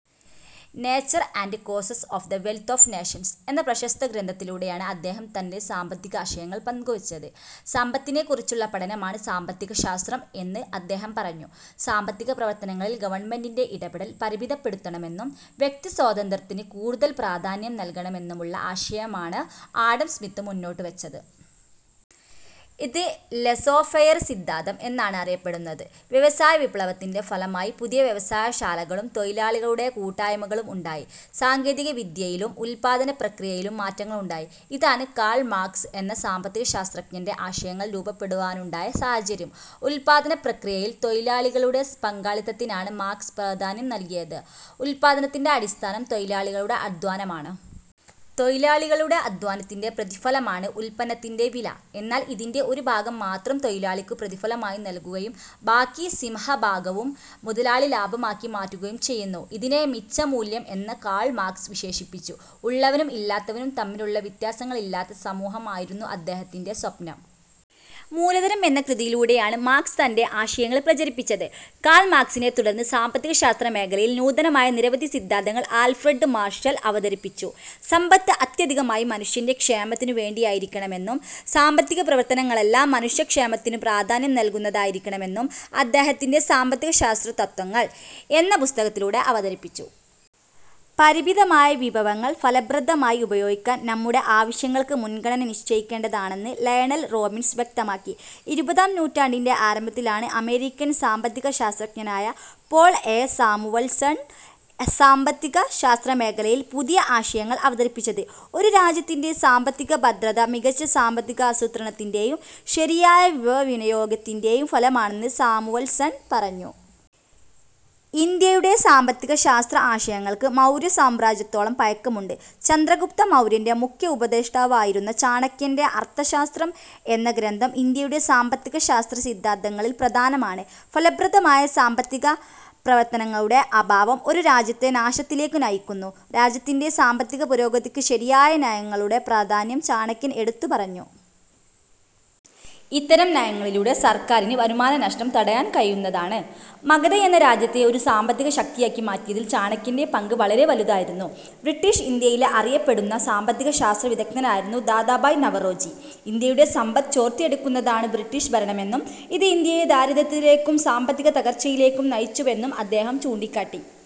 'Nature and causes of the wealth of nations' എന്ന പ്രശസ്ത ഗ്രന്ഥത്തിലൂടെയാണ് അദ്ദേഹം തന്റെ സാമ്പത്തികാശയങ്ങൾ പങ്കുവച്ചത്. സമ്പത്തിനെക്കുറിച്ചുള്ള പഠനമാണ് സാമ്പത്തികശാസ്ത്രം എന്ന് അദ്ദേഹം പറഞ്ഞു. സാമ്പത്തിക പ്രവർത്തനങ്ങളിൽ ഗവൺമെന്റിന്റെ ഇടപെടൽ പരിമിതപ്പെടുത്തണമെന്നും വ്യക്തിസ്വാതന്ത്ര്യത്തിന് കൂടുതൽ പ്രാധാന്യം നൽകണമെന്നുമുള്ള ആശയമാണ് ആഡം സ്മിത്ത് മുന്നോട്ടുവച്ചത്. ഇത് ലെസേഫെയർ സിദ്ധാന്തം എന്നാണ് അറിയപ്പെടുന്നത്. വ്യവസായവിപ്ലവത്തിന്റെ ഫലമായി പുതിയ വ്യവസായശാലകളും തൊഴിലാളികളുടെ കൂട്ടായ്മകളും ഉണ്ടായി. സാങ്കേതിക വിദ്യയിലും ഉൽപ്പാദന പ്രക്രിയയിലും മാറ്റങ്ങളുണ്ടായി. ഇതാണ് കാൾ മാർക്സ് എന്ന സാമ്പത്തികശാസ്ത്രജ്ഞന്റെ ആശയങ്ങൾ രൂപപ്പെടുവാനുണ്ടായ സാഹചര്യം. ഉൽപ്പാദനപ്രക്രിയയിൽ തൊഴിലാളികളുടെ പങ്കാളിത്തത്തിനാണ് മാർക്സ് പ്രാധാന്യം നൽകിയത്. ഉല്പാദനത്തിന്റെ അടിസ്ഥാനം തൊഴിലാളികളുടെ അധ്വാനമാണ്. തൊഴിലാളികളുടെ അധ്വാനത്തിന്റെ പ്രതിഫലമാണ് ഉല്പന്നത്തിന്റെ വില. എന്നാൽ ഇതിന്റെ ഒരു ഭാഗം മാത്രം തൊഴിലാളിക്കു പ്രതിഫലമായി നൽകുകയും ബാക്കി സിംഹഭാഗവും മുതലാളി ലാഭമാക്കി മാറ്റുകയും ചെയ്യുന്നു. ഇതിനെ മിച്ചമൂല്യം എന്ന് കാൾ മാർക്സ് വിശേഷിപ്പിച്ചു. ഉള്ളവനും ഇല്ലാത്തവനും തമ്മിലുള്ള വ്യത്യാസങ്ങളില്ലാത്ത സമൂഹം ആയിരുന്നു അദ്ദേഹത്തിന്റെ സ്വപ്നം. മൂലധനം എന്ന കൃതിയിലൂടെയാണ് മാർക്സ് തന്റെ ആശയങ്ങൾ പ്രചരിപ്പിച്ചത്. കാൾ മാർക്സിനെത്തുടർന്ന് സാമ്പത്തികശാസ്ത്ര മേഖലയിൽ നൂതനമായ നിരവധി സിദ്ധാന്തങ്ങൾ ആൽഫ്രഡ് മാർഷൽ അവതരിപ്പിച്ചു. സമ്പത്ത് ആത്യന്തികമായി മനുഷ്യന്റെ ക്ഷേമത്തിനു വേണ്ടിയായിരിക്കണമെന്നും സാമ്പത്തിക പ്രവർത്തനങ്ങളെല്ലാം മനുഷ്യ ക്ഷേമത്തിനു പ്രാധാന്യം നൽകുന്നതായിരിക്കണമെന്നും അദ്ദേഹത്തിന്റെ സാമ്പത്തികശാസ്ത്ര തത്വങ്ങൾ' എന്ന പുസ്തകത്തിലൂടെ അവതരിപ്പിച്ചു. പരിമിതമായ വിഭവങ്ങൾ ഫലപ്രദമായി ഉപയോഗിക്കാൻ നമ്മുടെ ആവശ്യങ്ങൾക്ക് മുൻഗണന നിശ്ചയിക്കേണ്ടതാണെന്ന് ലയണൽ റോബിൻസ് വ്യക്തമാക്കി. ഇരുപതാം നൂറ്റാണ്ടിന്റെ ആരംഭത്തിലാണ് അമേരിക്കൻ സാമ്പത്തിക ശാസ്ത്രജ്ഞനായ പോൾ എ. സാമുവൽസൺ സാമ്പത്തിക ശാസ്ത്രമേഖലയിൽ പുതിയ ആശയങ്ങൾ അവതരിപ്പിച്ചത്. ഒരു രാജ്യത്തിന്റെ സാമ്പത്തിക ഭദ്രത, മികച്ച സാമ്പത്തികാസൂത്രണത്തിന്റെയും ശരിയായ വിഭവവിനിയോഗത്തിന്റെയും ഫലമാണെന്ന് സാമുവൽസൺ പറഞ്ഞു. ഇന്ത്യയുടെ സാമ്പത്തിക ശാസ്ത്രആശയങ്ങൾക്ക് മൗര്യസാമ്രാജ്യത്തോളം പഴക്കമുണ്ട്. ചന്ദ്രഗുപ്ത മൗര്യന്റെ മുഖ്യ ഉപദേഷ്ടാവായിരുന്ന ചാണക്യന്റെ അർത്ഥശാസ്ത്രം എന്ന ഗ്രന്ഥം ഇന്ത്യയുടെ സാമ്പത്തികശാസ്ത്ര സിദ്ധാന്തങ്ങളിൽ പ്രധാനമാണ്. ഫലപ്രദമായ സാമ്പത്തിക പ്രവർത്തനങ്ങളുടെ അഭാവം ഒരു രാജ്യത്തെ നാശത്തിലേക്ക് നയിക്കുന്നു. രാജ്യത്തിന്റെ സാമ്പത്തിക പുരോഗതിക്ക് ശരിയായ നയങ്ങളുടെ പ്രാധാന്യം ചാണക്യൻ എടുത്തു പറഞ്ഞു. ഇത്തരം നയങ്ങളിലൂടെ സർക്കാരിന് വരുമാനനഷ്ടം തടയാൻ കഴിയുന്നതാണ്. മഗധയെന്ന രാജ്യത്തെ ഒരു സാമ്പത്തിക ശക്തിയാക്കി മാറ്റിയതിൽ ചാണക്യന്റെ പങ്ക് വളരെ വലുതായിരുന്നു. ബ്രിട്ടീഷ് ഇന്ത്യയിലെ അറിയപ്പെടുന്ന സാമ്പത്തിക ശാസ്ത്ര വിദഗ്ധനായിരുന്നു ദാദാഭായ് നവറോജി. ഇന്ത്യയുടെ സമ്പത്ത് ചോർത്തിയെടുക്കുന്നതാണ് ബ്രിട്ടീഷ് ഭരണമെന്നും, ഇത് ഇന്ത്യയെ ദാരിദ്ര്യത്തിലേക്കും സാമ്പത്തിക തകർച്ചയിലേക്കും നയിച്ചുവെന്നും അദ്ദേഹം ചൂണ്ടിക്കാട്ടി.